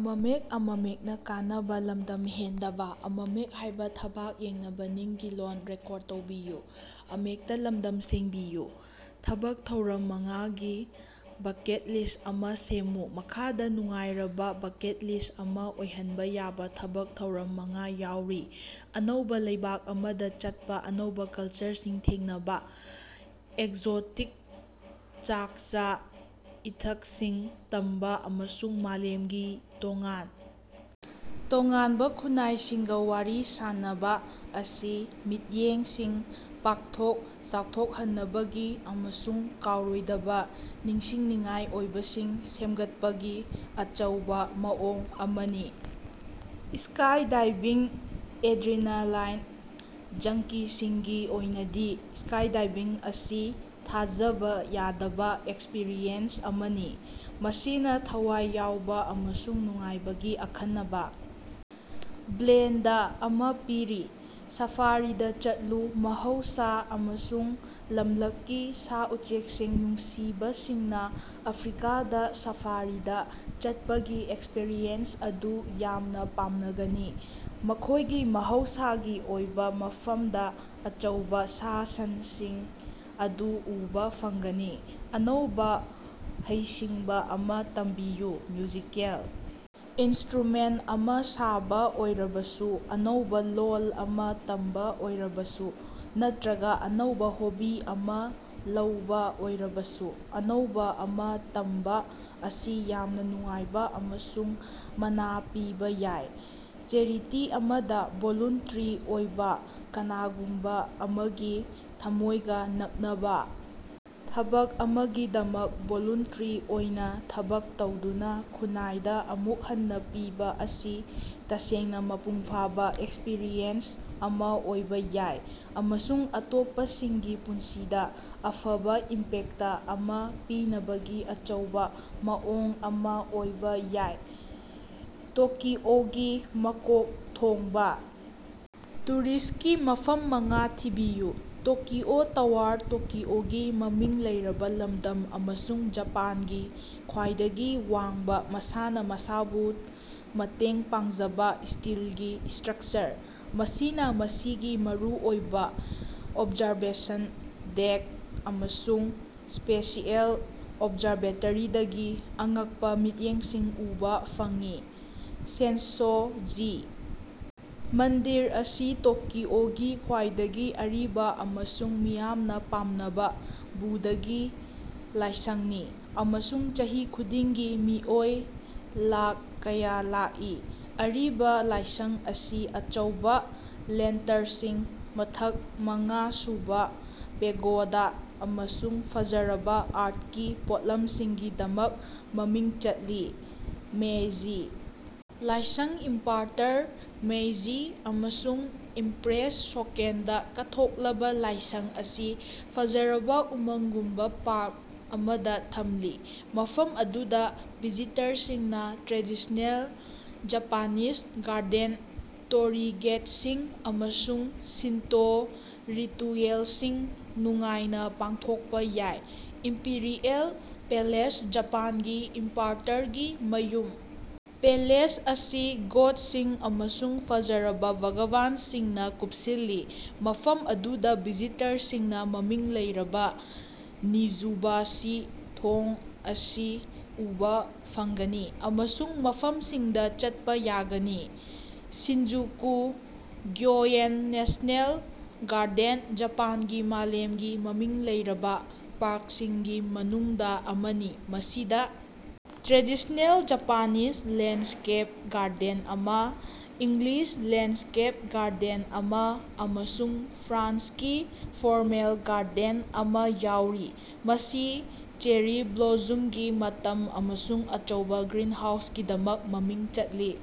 ꯊꯕꯛ ꯊꯧꯔꯝ ꯃꯉꯥꯒꯤ ꯕꯀꯦꯠ ꯂꯤꯁ꯭ꯠ ꯑꯃ ꯁꯦꯝꯃꯨ꯫ ꯃꯈꯥꯗ ꯅꯨꯡꯉꯥꯏꯔꯕꯥ ꯕꯀꯦꯠ ꯂꯤꯁ꯭ꯠ ꯑꯃ ꯑꯣꯏꯍꯟꯕ‌ ꯌꯥꯕ ꯊꯕꯛ ꯊꯧꯔꯝ ꯃꯉꯥ ꯌꯥꯎꯔꯤ - ꯑꯅꯧꯕ ꯂꯩꯕꯥꯛ ꯑꯃꯗ ꯆꯠꯄ - ꯑꯅꯧꯕ ꯀꯜꯆꯔꯁꯤꯡ ꯊꯦꯡꯅꯕ, ꯑꯦꯛꯖꯣꯇꯤꯛ ꯆꯥꯛꯆ-ꯏꯊꯛꯁꯤꯡ ꯇꯝꯕ, ꯑꯃꯁꯨꯡ ꯃꯥꯂꯦꯝꯒꯤ ꯇꯣꯉꯥꯟ ꯇꯣꯉꯥꯟꯕ ꯈꯨꯟꯅꯥꯏꯁꯤꯡꯒ ꯋꯥꯔꯤ ꯁꯥꯅꯕꯥ ꯑꯁꯤ ꯃꯤꯠꯌꯦꯡꯁꯤꯡ ꯄꯥꯛꯊꯣꯛ ꯆꯥꯎꯊꯣꯛꯍꯟꯅꯕꯒꯤ ꯑꯃꯁꯨꯡ ꯀꯥꯎꯔꯣꯏꯗꯕ ꯅꯤꯡꯁꯤꯡꯅꯤꯡꯉꯥꯏ ꯑꯣꯏꯕꯁꯤꯡ ꯁꯦꯝꯒꯠꯄꯒꯤ ꯑꯆꯧꯕ ꯃꯑꯣꯡ ꯑꯃꯅꯤ꯫ ꯁ꯭ꯀꯥꯏꯗꯥꯏꯚꯤꯡ - ꯑꯦꯗ꯭ꯔꯤꯅꯥꯂꯥꯏꯟ ꯖꯪꯀꯤꯁꯤꯡꯒꯤ ꯑꯣꯏꯅꯗꯤ ꯁ꯭ꯀꯥꯏꯗꯥꯏꯚꯤꯡ ꯑꯁꯤ ꯊꯥꯖꯕ ꯌꯥꯗꯕ ꯑꯦꯛꯁꯄꯔꯤꯌꯦꯟꯁ ꯑꯃꯅꯤ ꯃꯁꯤꯅ ꯊꯋꯥꯏ ꯌꯥꯎꯕ ꯑꯃꯁꯨꯡ ꯅꯨꯡꯉꯥꯏꯕꯒꯤ ꯑꯈꯟꯅꯕ ꯕ꯭ꯂꯦꯟꯗ ꯑꯃ ꯄꯤꯔꯤ꯫ ꯁꯥꯐꯥꯔꯤꯗ ꯆꯠꯂꯨ - ꯃꯍꯧꯁ ꯑꯃꯁꯨꯡ ꯂꯝꯂꯛꯀꯤ ꯁꯥ-ꯎꯆꯦꯛꯁꯤꯡ ꯅꯨꯡꯁꯤꯕꯁꯤꯡꯅ ꯑꯐ꯭ꯔꯤꯀꯥꯗ‌ ꯁꯥꯐꯥꯔꯤꯗ ꯆꯠꯄꯒꯤ ꯑꯦꯛꯁꯄꯔꯤꯌꯦꯟꯁ ꯑꯗꯨ ꯌꯥꯝꯅ ꯄꯥꯝꯅꯒꯅꯤ, ꯃꯈꯣꯏꯒꯤ ꯃꯍꯧꯁꯥꯒꯤ ꯑꯣꯏꯕ ꯃꯐꯝꯗ ꯑꯆꯧꯕ ꯁꯥ-ꯁꯟꯁꯤꯡ ꯑꯗꯨ ꯎꯕꯥ ꯐꯪꯒꯅꯤ꯫ ꯑꯅꯧꯕ ꯍꯩꯁꯤꯡꯕ ꯑꯃ ꯇꯝꯕꯤꯌꯨ - ꯃ꯭ꯌꯨꯖꯤꯀꯦꯜ ꯏꯟꯁꯇ꯭ꯔꯨꯃꯦꯟꯇ ꯑꯃ ꯁꯥꯕ ꯑꯣꯏꯔꯕꯁꯨ, ꯑꯅꯧꯕ‌ ꯂꯣꯜ ꯑꯃ ꯇꯝꯕ ꯑꯣꯏꯔꯕꯁꯨ ꯅꯠꯇꯔꯒ‌ ꯑꯅꯧꯕ ꯍꯣꯕꯤ ꯑꯃ ꯂꯧꯕ ꯑꯣꯏꯔꯕꯁꯨ, ꯑꯅꯧꯕ ꯑꯃ ꯇꯝꯕ ꯑꯁꯤ ꯌꯥꯝꯅ ꯅꯨꯡꯉꯥꯏꯕ ꯑꯃꯁꯨꯡ ꯃꯅꯥ ꯄꯤꯕ‌ ꯌꯥꯏ꯫ ꯆꯦꯔꯤꯇꯤ ꯑꯃꯗ ꯚꯣꯂꯨꯟꯇꯔꯤ ꯑꯣꯏꯕ - ꯀꯅꯥꯒꯨꯝꯕ‌ꯑꯃꯒꯤ ꯊꯝꯃꯣꯏꯒ ꯅꯛꯅꯕꯥ ꯊꯕꯛ ꯑꯃꯒꯤꯗꯃꯛ ꯚꯣꯂꯨꯟꯇꯔꯤ ꯑꯣꯏꯅ ꯊꯕꯛ ꯇꯧꯗꯨꯅ ꯈꯨꯟꯅꯥꯏꯗ ꯑꯃꯨꯛ ꯍꯟꯅ ꯄꯤꯕ ꯑꯁꯤ ꯇꯁꯦꯡꯅ ꯃꯄꯨꯡ ꯐꯥꯕ ꯑꯦꯛꯁꯄꯔꯤꯌꯦꯟꯁ ꯑꯃ ꯑꯣꯏꯕ ꯌꯥꯏ, ꯑꯃꯁꯨꯡ ꯑꯇꯣꯞꯄꯁꯤꯡꯒꯤ ꯄꯨꯟꯁꯤꯗ ꯑꯐꯕ ꯏꯝꯄꯦꯛꯇ ꯑꯃ ꯄꯤꯅꯕꯒꯤ ꯑꯆꯧꯕ ꯃꯑꯣꯡ ꯑꯃ ꯑꯣꯏꯕ ꯌꯥꯏ꯫ ꯇꯣꯀꯤꯑꯣꯒꯤ ꯃꯀꯣꯛ ꯊꯣꯡꯕ ꯇꯨꯔꯤꯁ꯭ꯠꯀꯤ ꯃꯐꯝ ꯃꯉꯥ ꯊꯤꯕꯤꯌꯨ꯫ ꯇꯣꯀꯤꯑꯣ ꯇꯋꯥꯔ ꯇꯣꯀꯤꯑꯣꯒꯤ ꯃꯃꯤꯡ ꯂꯩꯔꯕ ꯂꯝꯗꯝ, ꯑꯃꯁꯨꯡ ꯖꯄꯥꯟꯒꯤ ꯈ꯭ꯋꯥꯏꯗꯒꯤ ꯋꯥꯡꯕ ꯃꯁꯥꯅ ꯃꯁꯥꯕꯨ ꯃꯇꯦꯡ ꯄꯥꯡꯖꯕ ꯁ꯭ꯇꯤꯜꯒꯤ ꯁ꯭ꯇꯔꯛꯆꯔ, ꯃꯁꯤꯅ ꯃꯁꯤꯒꯤ ꯃꯔꯨꯑꯣꯏꯕ ꯑꯣꯕꯖꯥꯔꯕꯦꯁꯟ ꯗꯦꯛ ꯑꯃꯁꯨꯡ ꯁ꯭ꯄꯦꯁꯤꯑꯦꯜ ꯑꯣꯕꯖꯔꯕꯦꯇꯔꯤꯗꯒꯤ ꯑꯉꯛꯄ‌ ꯃꯤꯠꯌꯦꯡꯁꯤꯡ ꯎꯕꯥ ꯐꯪꯏ꯫ ꯁꯦꯟꯁꯣ-ꯖꯤ ꯃꯟꯗꯤꯔ ꯑꯁꯤ ꯇꯣꯀꯤꯑꯣꯒꯤ ꯈ꯭ꯋꯥꯏꯗꯒꯤ ꯑꯔꯤꯕ ꯑꯃꯁꯨꯡ ꯃꯤꯌꯥꯝꯅ ꯄꯥꯝꯅꯕꯥ ꯕꯨꯙꯒꯤ ꯂꯥꯏꯁꯡꯅꯤ, ꯑꯃꯁꯨꯡ ꯆꯍꯤ ꯈꯨꯗꯤꯡꯒꯤ ꯃꯤꯑꯣꯏ ꯂꯥꯈ ꯀꯌꯥ ꯂꯥꯛꯏ꯫ ꯑꯔꯤꯕ ꯂꯥꯏꯁꯡ ꯑꯁꯤ ꯑꯆꯧꯕ ꯂꯦꯟꯇꯔꯁꯤꯡ, ꯃꯊꯛ ꯃꯉꯥ ꯁꯨꯕ ꯄꯦꯒꯣꯗ ꯑꯃꯁꯨꯡ ꯐꯖꯔꯕꯥ ꯑꯥ꯭ꯔꯠꯀꯤ ꯄꯣꯠꯂꯝꯁꯤꯡꯒꯤꯗꯃꯛ ꯃꯃꯤꯡ ꯆꯠꯂꯤ꯫ ꯃꯦꯏꯖꯤ ꯂꯥꯏꯁꯡ ꯏꯝꯄꯥꯔꯇꯔ ꯃꯦꯏꯖꯤ ꯑꯃꯁꯨꯡ ꯏꯝꯄ꯭ꯔꯦꯁ ꯁꯣꯀꯦꯟꯗ ꯀꯠꯊꯣꯛꯂꯕꯥ ꯂꯥꯏꯁꯡ ꯑꯁꯤ ꯐꯖꯔꯕꯥ ꯎꯃꯪꯒꯨꯝꯕ ꯄꯥꯔꯛ ꯑꯃꯗ ꯊꯝꯂꯤ, ꯃꯐꯝ ꯑꯗꯨꯗ ꯚꯤꯖꯤꯇꯔꯁꯤꯡꯅ ꯇ꯭ꯔꯦꯗꯤꯁ꯭ꯅꯦꯜ ꯖꯄꯥꯅꯤꯖ ꯒꯥꯔꯗꯦꯟ, ꯇꯣꯔꯤ ꯒꯦꯠꯁꯤꯡ, ꯑꯃꯁꯨꯡ ꯁꯤꯟꯇꯣ ꯔꯤꯇꯨꯌꯦꯜꯁꯤꯡ ꯅꯨꯡꯉꯥꯏꯅ ꯄꯥꯡꯊꯣꯛꯄ ꯌꯥꯏ꯫ ꯏꯝꯄꯤꯔꯤꯑꯦꯜ ꯄꯦꯂꯦꯁ ꯖꯄꯥꯟꯒꯤ ꯏꯝꯄꯥꯔꯇꯔꯒꯤ ꯃꯌꯨꯝ, ꯄꯦꯂꯦꯁ ꯑꯁꯤ ꯒ‌ꯣꯠꯁꯤꯡ ꯑꯃꯁꯨꯡ ꯐꯖꯔꯕꯥ ꯕꯥꯒꯥꯟꯁꯤꯡꯅ ꯀꯨꯞꯁꯤꯜꯂꯤ, ꯃꯐꯝ ꯑꯗꯨꯗ ꯚꯤꯖꯤꯇꯔꯁꯤꯡꯅ ꯃꯃꯤꯡ ꯂꯩꯔꯕ ꯅꯤꯖꯨꯕꯥꯁꯤ ꯊꯣꯡ ꯑꯁꯤ ꯎꯕꯥ ꯐꯪꯒꯅꯤ, ꯑꯃꯁꯨꯡ ꯃꯐꯝꯁꯤꯡꯗ ꯆꯠꯄ ꯌꯥꯒꯅꯤ꯫ ꯁꯤꯟꯖꯨꯀꯨ ꯒ꯭ꯌꯣꯌꯦꯟ ꯅꯦꯁ꯭ꯅꯦꯜ ꯒꯥꯔꯗꯦꯟ ꯖꯄꯥꯟꯒꯤ ꯃꯥꯂꯦꯝꯒꯤ ꯃꯃꯤꯡ ꯂꯩꯔꯕ ꯄꯥ꯭ꯔꯛꯁꯤꯡꯒꯤ ꯃꯅꯨꯡꯗ ꯑꯃꯅꯤ ꯃꯁꯤꯗ ꯇ꯭ꯔꯦꯗꯤꯁ꯭ꯅꯦꯜ ꯖꯄꯥꯅꯤꯖ ꯂꯦꯟꯗꯁ꯭ꯀꯦꯞ ꯒꯥꯔꯗꯦꯟ ꯑꯃ, ꯏꯪꯂꯤꯁ ꯂꯦꯟꯗꯁ꯭ꯀꯦꯞ ꯒꯥꯔꯗꯦꯟ ꯑꯃ, ꯑꯃꯁꯨꯡ ꯐ꯭ꯔꯥꯟꯁꯀꯤ ꯐꯣꯔꯃꯦꯜ ꯒꯥꯔꯗꯦꯟ ꯑꯃ ꯌꯥꯎꯔꯤ꯫ ꯃꯁꯤ ꯆꯦꯔꯤ ꯕ꯭ꯂꯣꯖꯨꯝꯒꯤ ꯃꯇꯝ ꯑꯃꯁꯨꯡ ꯑꯆꯧꯕ ꯒ꯭ꯔꯤꯟꯍꯥꯎꯁꯀꯤꯗꯃꯛ ꯃꯃꯤꯡ ꯆꯠꯂꯤ꯫